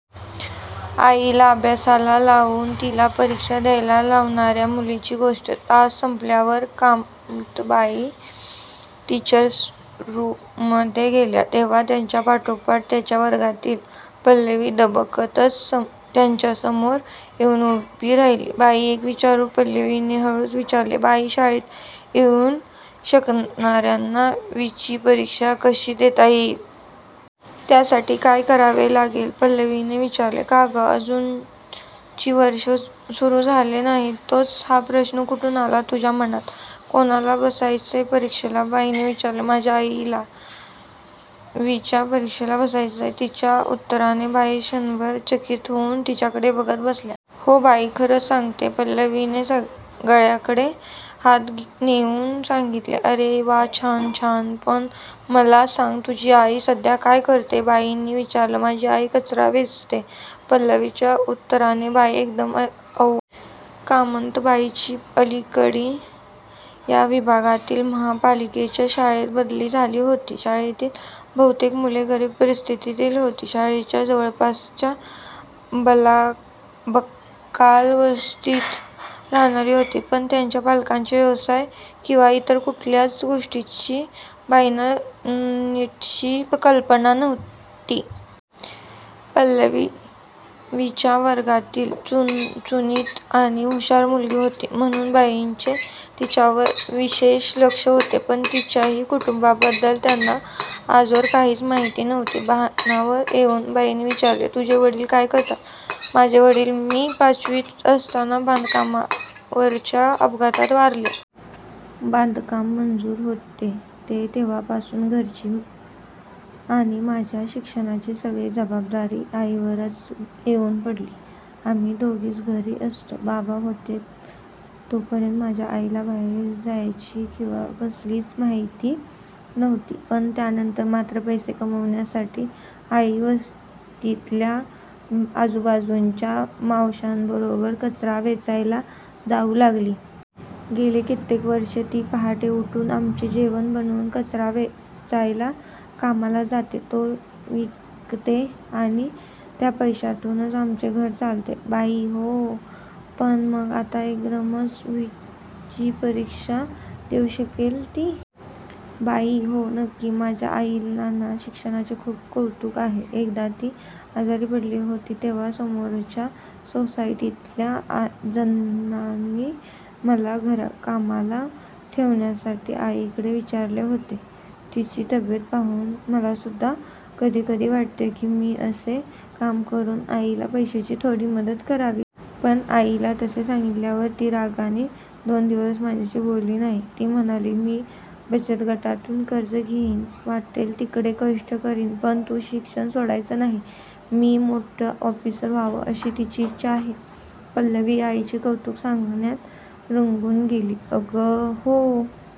आईला अभ्यासाला लावून तिला परीक्षा द्यायला लावणाऱ्या मुलीची गोष्ट- तास संपल्यावर कामतबाई टीचर्सरूममधे गेल्या तेव्हा त्यांच्या पाठोपाठ त्यांच्या वर्गातील पल्लवी दबकतच त्यांच्यासमोर येऊन उभी राहिली. "बाई एक विचारू? "..... पल्लवीने हळूच विचारले. "बाई शाळेत येऊ न शकणाऱ्याना वीची परीक्षा कशी देता येईल? त्यासाठी काय करावे लागेल? " पल्लवीने विचारले. "का ग... अजून ची वर्ष सुरू झाले नाही तोच हा प्रश्न कुठून आला तुझ्या मनात? कुणाला बसायचेय परीक्षेला? बाईनी विचारले. "माझ्या आईला वीच्या परीक्षेला बसायचंय"... तिच्या उत्तराने बाई क्षणभर चकित होऊन तिच्याकडे बघतच बसल्या. "हो बाई खरंच सांगते. " पल्लवीने गळ्याकडे हात नेऊन सांगितले. "अरे वा छान छान... पण मला सांग. तुझी आई सध्या काय करतेय? " बाईंनी विचारले. "माझी आई कचरा वेचते. " पल्लवीच्या उत्तराने बाई एकदम अवाक. कामत बाईंची अलीकडे या विभागातील महापालिकेच्या शाळेत बदली झाली होती. शाळेतील बहुतेक मुले गरीब परिस्थितीतील होती. शाळेच्या जवळपासच्या बकाल वस्तीत राहणारी होती. पण त्यांच्या पालकांचे व्यवसाय किंवा इतर कुठल्याच गोष्टींची बाईंना नीटशी कल्पना नव्हती. पल्लवी वीच्या वर्गातील चुणचुणीत आणि हुशार मुलगी होती, म्हणून बाईंचे तिच्यावर विशेष लक्ष होते, पण तिच्याही कुटुंबाबद्दल त्यांना आजवर काहीच माहिती नव्हती. भानावर येऊन बाईंनी विचारले- "तुझे वडील काय करतात? " "माझे वडील मी पाचवीत असताना बांधकामावरच्या अपघातात वारले. बांधकाम-मजूर होते ते. तेव्हापासून घरची आणि माझ्या शिक्षणाची सगळी जबाबदारी आईवरच येऊन पडली. आम्ही दोघीच घरी असतो. बाबा होते तोपर्यंत माझ्या आईला बाहेर जायची किंवा कसलीच माहिती नव्हती, पण त्यानंतर मात्र पैसे कमावण्यासाठी आई वस्तीतल्या आजूबाजूच्या मावशांबरोबर कचरा वेचायला जाऊ लागली. गेली कित्येक वर्षे ती पहाटे उठून आमचे जेवण बनवून कचरा वेचायच्या कामाला जाते. तो विकते आणि त्या पैशातूनच आमचे घर चालते बाई. " "हो... पण मग आता एकदमच वीची परीक्षा देऊ शकेल ती? " बाई "हो... नक्की. माझ्या आईला ना, शिक्षणाचे खूप कौतुक आहे. एकदा ती आजारी पडली होती तेव्हा समोरच्या सोसायटीतल्या जणांनी मला घरकामाला ठेवण्यासाठी आईकडे विचारले होते. तिची तब्येत पाहून मलासुद्धा कधीकधी वाटे की, मी असे काम करून आईला पैशाची थोडी मदत करावी. पण आईला तसे सांगितल्यावर ती रागाने दोन दिवस माझ्याशी बोलली नाही. ती म्हणाली, मी बचतगटातून कर्ज घेईन. वाटेल तितके कष्ट करीन, पण तू शिक्षण सोडायचे नाही. मी मोठ्ठं ऑफिसर व्हावं, अशी तिची इच्छा आहे. " पल्लवी आईचे कौतुक सांगण्यात रंगून गेली. "अगं हो,